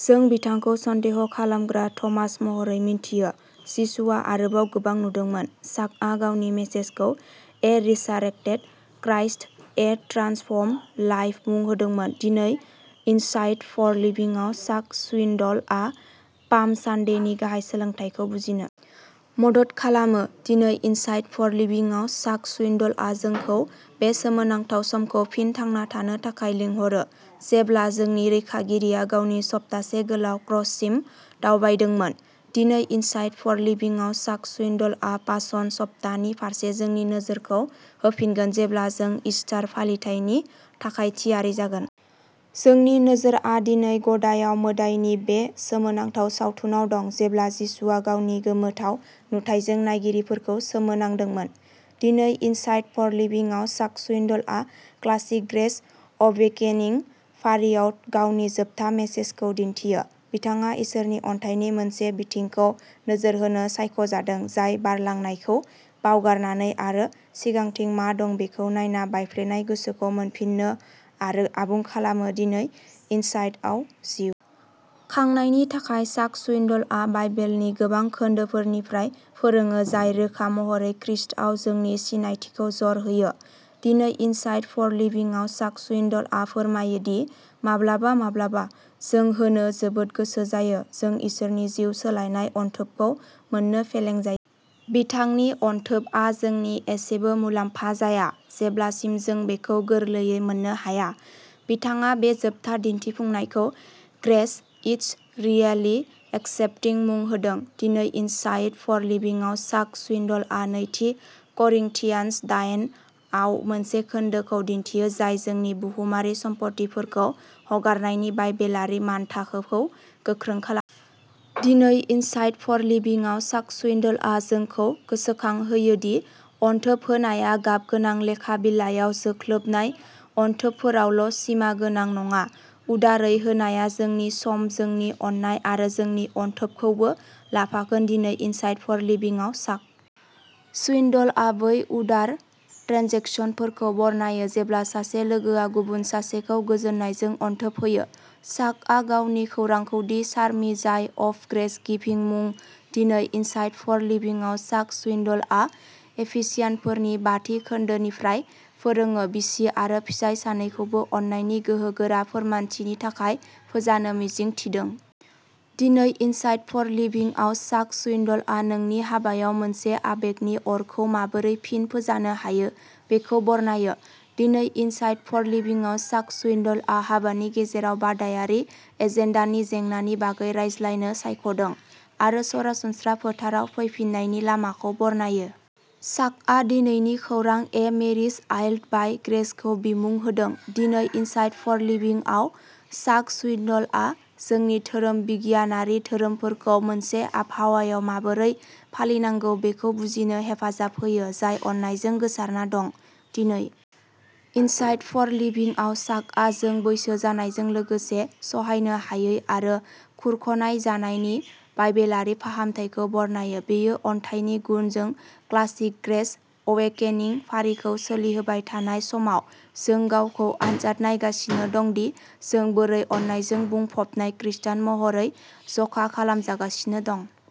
जों बिथांखौ सन्देह खालामग्रा थमास महरै मिन्थियो जिसुआ आरोबाव गोबां नुदोंमोन चाकआ गावनि मेसेजखौ a resurrected Christ a transformed life मुं होदोंमोन दिनै इनसाइट फर लिभिंआव चाक स्विनडलआ पाम सानडेनि गाहाय सोलोंथायखौ बुजिनो मदद खालामो दिनै इनसाइट फर लिभिंआव चाक स्विनडलआ जोंखौ बे सोमोनांथाव समखौ फिन थांना थानो थाखाय लिंहरो जेब्ला जोंनि रैखागिरिया गावनि सप्तासे गोलाव क्रससिम दावबायदोंमोन दिनै इनसाइट फर लिभिंआव चाक स्विनडलआ पासन सप्ताहनि फारसे जोंनि नोजोरखौ होफिनगोन जेब्ला जों ईस्टार फालिथायनि थाखाय थियारि जागोन। जोंनि नोजोरआ दिनै गदायाव मोदाइ नि बे सोमोनांथाव सावथुनाव दं जेब्ला जिसुआ गावनि गोमोथाव नुथाइजों नायगिरिफोरखौ सोमोनांदोंमोन। दिनै इनसाइट फर लिभिंआव चाक स्विनडलआ क्लासिक ग्रेस अवेकेनिं फारिआव गावनि जोबथा मेसेजखौ दिन्थियो। बिथाङा इसोरनि अनथाइनि मोनसे बिथिंखौ नोजोर होनो सायख'जादों जाय बारलांनायखौ बावगारनानै आरो सिगांथिं मा दं बेखौ नायना बायफ्लेनाय गोसोखौ मोनफिनो आरो आबुं खालामो दिनै इनसाइटआव। जिउ खांनायनि थाखाय चाक स्विनडलआ बाइबेलनि गोबां खोन्दोफोरनिफ्राय फोरोङो जाय रोखा महरै ख्रीष्टआव जोंनि सिनायथिखौ जर होयो। दिनै इनसाइट फर लिभिंआव चाक स्विनडलआ फोरमायो दि माब्लाबा माब्लाबा जों होनो जोबोद गोसो जायो जों इसोरनि जिउ सोलायनाय अनथोबखौ मोन्नो फेलें जायो। बिथांनि अनथोबआ जोंनि एसेबो मुलाम्फा जाया जेब्लासिम जों बेखौ गोरलैयै मोननो हाया बिथाङा बे जोबथा दिन्थिफुंनायखौ ग्रेस इट्स रियेलि एक्सेप्टिं मुं होदों दिनै इनसाइट फर लिभिंआव चाक स्विनडलआ नैथि करिंथियान्स दाइन आव मोनसे खोन्दोखौ दिन्थियो जाय जोंनि बुहुमारि सम्फथिफोरखौ हगारनायनि बाइबेलारि मानथाखोखौ गोख्रों खालामो। दिनै इनसाइट फर लिभिंआव चाक स्विनडलआ जोंखौ गोसोखांहोयो दि अनथोब होनाया गाबगोनां लेखा बिलाइयाव जोख्लोबनाय अनथोबफोरावल' सिमागोनां नङा उदारै होनाया जोंनि सम जोंनि अननाय आरो जोंनि अनथोबखौबो लाफागोन दिनै इनसाइट फर लिभिंआव चाक स्विनडलआ बै उदार ट्रेन्जेकसनफोरखौ बरनायो जेब्ला सासे लोगोआ गुबुन सासेखौ गोजोननायजों अनथोब होयो चाकआ गावनि खौरांखौ the charming joy of grace giving मुं दिनै इनसाइट फर लिभिंआव चाक स्विनडलआ एफिसियानफोरनि बाथि खोन्दोनिफ्राय फोरोङो बिसि आरो फिसाय सानैखौबो अननायनि गोहोगोरा फोरमायथिनि थाखाय फोजानो मिजिं थिदों। दिनै इनसाइट फर लिभिंआव चाक स्विनडलआ नोंनि हाबायाव मोनसे आबेगनि अरखौ माबोरै फिन फोजानो हायो बेखौ बरनायो। दिनै इनसाइट फर लिभिंआव चाक स्विनडलआ हाबानि गेजेराव बादायारि एजेन्डानि जेंनानि बागै रायज्लायनो सायख'दों आरो सरासनस्रा फोथाराव फैफिन्नायनि लामाखौ बरनायो। चाकआ दिनैनि खौरां ए मेरिज आयल्ड बाइ ग्रेसखौ बिमुं होदों दिनै इनसाइट फर लिभिंआव चाक स्विनडलआ जोंनि धोरोम बिगियानारि धोरोमफोरखौ मोनसे आबहावायाव माबोरै फालिनांगौ बेखौ बुजिनो हेफाजाब होयो जाय अननायजों गोसारना दं। दिनै इनसाइट फर लिभिंआव चाकआ जों बैसो जानायजों लोगोसे सहायनो हायै आरो खुरख'नाय जानायनि बाइबेलारि फाहामथायखौ बरनायो बेयो अनथायनि गुन जों क्लासिक ग्रेस अवेकेनिं फारिखौ सोलिहोबाय थानाय समाव जों गावखौ आनजाद नायगासिनो दं दि जों बोरै अननायजों बुंफबनाय खृस्टान महरै जखा खालामजागासिनो दं।